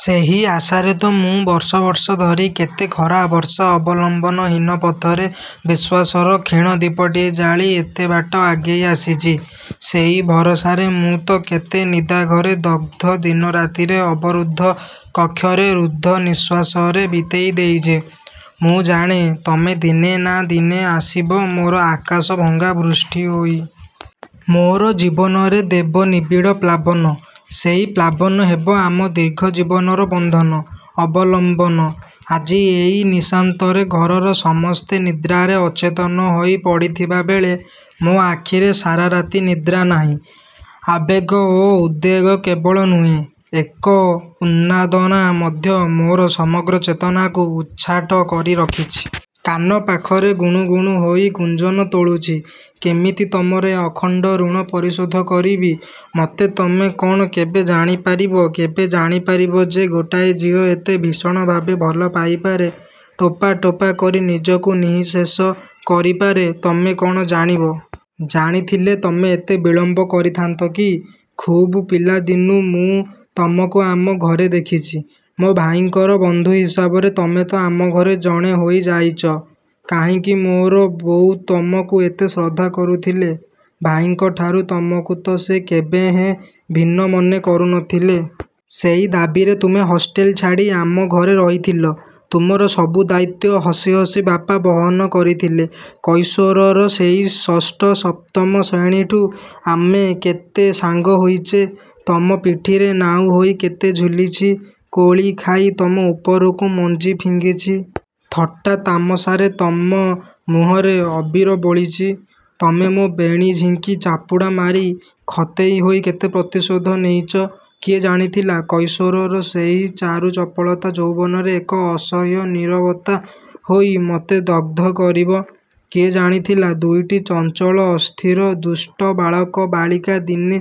ସେହି ଆଶାରେ ତ ମୁଁ ବର୍ଷ ବର୍ଷ ଧରି, କେତେ ଖରାବର୍ଷା ଅବଲମ୍ବନହୀନ ପଥରେ, ବିଶ୍ୱାସର କ୍ଷୀଣ ଦୀପଟିଏ ଜାଳି ଏତେବାଟ ଆଗେଇ ଆସିଚି। ସେଇ ଭରସାରେ ମୁଁ ତ କେତେ ନିଦାଘରେ ଦଗଧ ଦିନରାତିରେ ଅବରୁଦ୍ଧ କକ୍ଷରେ, ରୁଦ୍ଧ ନିଃଶ୍ଵାସରେ ବିତେଇଦେଇଚି। ମୁଁ ଜାଣେ, ତମେ ଦିନେ ନାଁ ଦିନେ ଆସିବ ମୋର ଆକାଶ ଭଙ୍ଗା ବୃଷ୍ଟି ହୋଇ। ମୋ'ର ଜୀବନରେ ଦେବ ନିବିଡ଼ ପ୍ଲାବନ। ସେଇ ପ୍ଲାବନ ହେବ ଆମ ଦୀର୍ଘ ଜୀବନର ବନ୍ଧନ, ଅବଲମ୍ବନ। ଆଜି ଏହି ନିଶାନ୍ତରେ ଘରର ସମସ୍ତେ ନିଦ୍ରାରେ ଅଚେତନ ହୋଇ ପଡ଼ିଥିବାବେଳେ, ମୋ' ଆଖିରେ ସାରା ରାତି ନିଦ୍ରା ନାହିଁ। ଆବେଗ ଓ ଉଦ୍ବେଗ କେବଳ ନୁହେଁ, ଏକ ଉନ୍ମାଦନା ମଧ୍ୟ ମୋର ସମଗ୍ର ଚେତନାକୁ ଉଚ୍ଛାଟ କରି ରଖିଚି। କାନ ପାଖରେ ଗୁଣୁ ଗୁଣୁ ହୋଇ ଗୁଞ୍ଜନ ତୋଳୁଛି। କେମିତି ତମର ଏ ଅଖଣ୍ଡ ଋଣ ପରିଶୋଧ କରିବି। ମତେ ତମେ କ'ଣ କେବେ ଜାଣି ପାରିବ କେବେ ଜାଣିପାରିବ ଯେ ଗୋଟାଏ ଝିଅ ଏତେ ଭୀଷଣଭାବେ ଭଲ ପାଇପାରେ? ଟୋପା ଟୋପା କରି ନିଜକୁ ନିଃଶେଷ କରିପାରେ ତମେ କ'ଣ ଜାଣିବ? ଜାଣିଥିଲେ ତମେ ଏତେ ବିଳମ୍ବ କରିଥାନ୍ତ କି? ଖୁବ୍ ପିଲାଦିନୁ ମୁଁ ତମକୁ ଆମ ଘରେ ଦେଖିଚି। ମୋ ଭାଇଙ୍କର ବନ୍ଧୁ ହିସାବରେ ତମେ ତ ଆମଘରେ ଜଣେ ହୋଇ ଯାଇଚ। କାହିଁକି ମୋର ବୋଉ ତମକୁ ଏତେ ଶ୍ରଦ୍ଧା କରୁଥିଲେ? ଭାଇଙ୍କଠାରୁ ତମକୁ ତ ସେ କେବେହେଁ ଭିନ୍ନ ମନେ କରୁ ନ ଥିଲେ। ସେଇ ଦାବୀରେ ତୁମେ ହଷ୍ଟେଲ ଛାଡ଼ି ଆମଘରେ ରହିଥିଲ। ତୁମର ସବୁ ଦାୟିତ୍ୱ ହସି ହସି ବାପା ବହନ କରିଥିଲେ। କୈଶୋରର ସେହି ଷଷ୍ଠ, ସପ୍ତମ ଶ୍ରେଣୀଠୁ ଆମେ କେତେ ସାଙ୍ଗ ହୋଇଚେ। ତମ ପିଠିରେ ନାଉ ହୋଇ କେତେ ଝୁଲିଛି। କୋଳିଖାଇ ତମ ଉପରକୁ ମଞ୍ଜି ଫିଙ୍ଗିଛି। ଥଟ୍ଟା ତାମସାରେ ତମ ମୁହଁରେ ଅବିର ବୋଳିଛି। ତମେ ମୋ ବେଣୀ ଝିଙ୍କି ଚାପୁଡ଼ା ମାରି ଖତେଇ ହୋଇ କେତେ ପ୍ରତିଶୋଧ ନେଇଚ। କିଏ ଜାଣିଥିଲା, କୈଶୋରର ସେହି ଚାରୁ ଚପଳତା ଯୌବନରେ ଏକ ଅସହ୍ୟ ନୀରବତା ହୋଇ ମତେ ଦଗ୍ଧ କରିବ। କିଏ ଜାଣିଥିଲା ଦୁଇଟି ଚଞ୍ଚଳ, ଅସ୍ଥିର, ଦୁଷ୍ଟ ବାଳକ ବାଳିକା ଦିନେ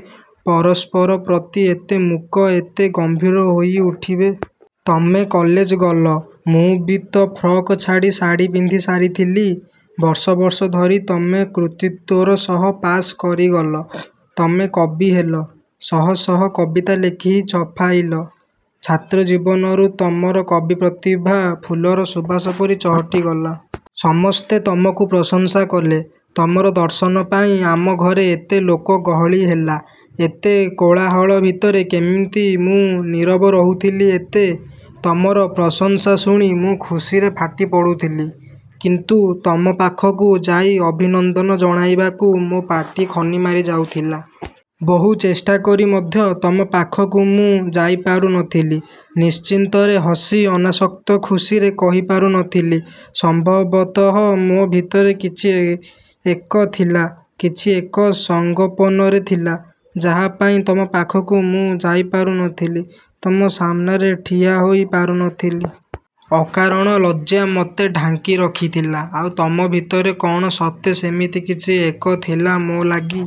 ପରସ୍ପର ପ୍ରତି ଏତେ ମୂକ, ଏତେ ଗମ୍ଭୀର ହୋଇ ଉଠିବେ। ତମେ କଲେଜ ଗଲ। ମୁଁ ବି ତ ଫ୍ରକ୍ ଛାଡ଼ି ଶାଢ଼ିପିନ୍ଧି ସାରିଥିଲି। ବର୍ଷ ବର୍ଷ ଧରି ତମେ କୃତିତ୍ୱର ସହ ପାଶ୍ କରିଗଲ। ତମେ କବି ହେଲ। ଶହ ଶହ କବିତା ଲେଖି ଛପାଇଲ, ଛାତ୍ର ଜୀବନରୁ ତମର କବି ପ୍ରତିଭା ଫୁଲର ସୁବାସ ପରି ଚହଟି ଗଲା। ସମସ୍ତେ ତମକୁ ପ୍ରଶଂସା କଲେ। ତମର ଦର୍ଶନ ପାଇଁ, ଆମଘରେ ଏତେ ଲୋକ ଗହଳି ହେଲା। ଏତେ କୋଳାହଳ ଭିତରେ କେମିତି ମୁଁ ନୀରବ ରହୁଥିଲି ଏତେ? ତମର ପ୍ରଶଂସା ଶୁଣି ମୁଁ ଖୁସିରେ ଫାଟି ପଡ଼ୁଥିଲି, କିନ୍ତୁ ତମ ପାଖକୁ ଯାଇ ଅଭିନନ୍ଦନ ଜଣାଇବାକୁ ମୋ ପାଟି ଖନିମାରି ଯାଉଥିଲା। ବହୁ ଚେଷ୍ଟାକରି ମଧ୍ୟ ତମ ପାଖକୁ ମୁଁ ଯାଇପାରୁ ନ ଥିଲି, ନିଶ୍ଚିନ୍ତରେ ହସି ଅନାସକ୍ତ ଖୁସିରେ କହିପାରୁ ନ ଥିଲି। ସମ୍ଭବତଃ ମୋ ଭିତରେ କିଛି ଏକ ଥିଲା, କିଛି ଏକ ସଂଗୋପନରେ ଥିଲା, ଯାହାପାଇଁ ତମ ପାଖକୁ ମୁଁ ଯାଇପାରୁ ନ ଥିଲି। ତମ ସାମ୍ନାରେ ଠିଆ ହୋଇ ପାରୁ ନ ଥିଲି। ଅକାରଣ ଲଜ୍ଜା ମତେ ଢାଙ୍କି ରଖିଥିଲା, ଆଉ ତମ ଭିତରେ କ'ଣ ସତେ ସେମିତି କିଛି ଏକ ଥିଲା ମୋ ଲାଗି?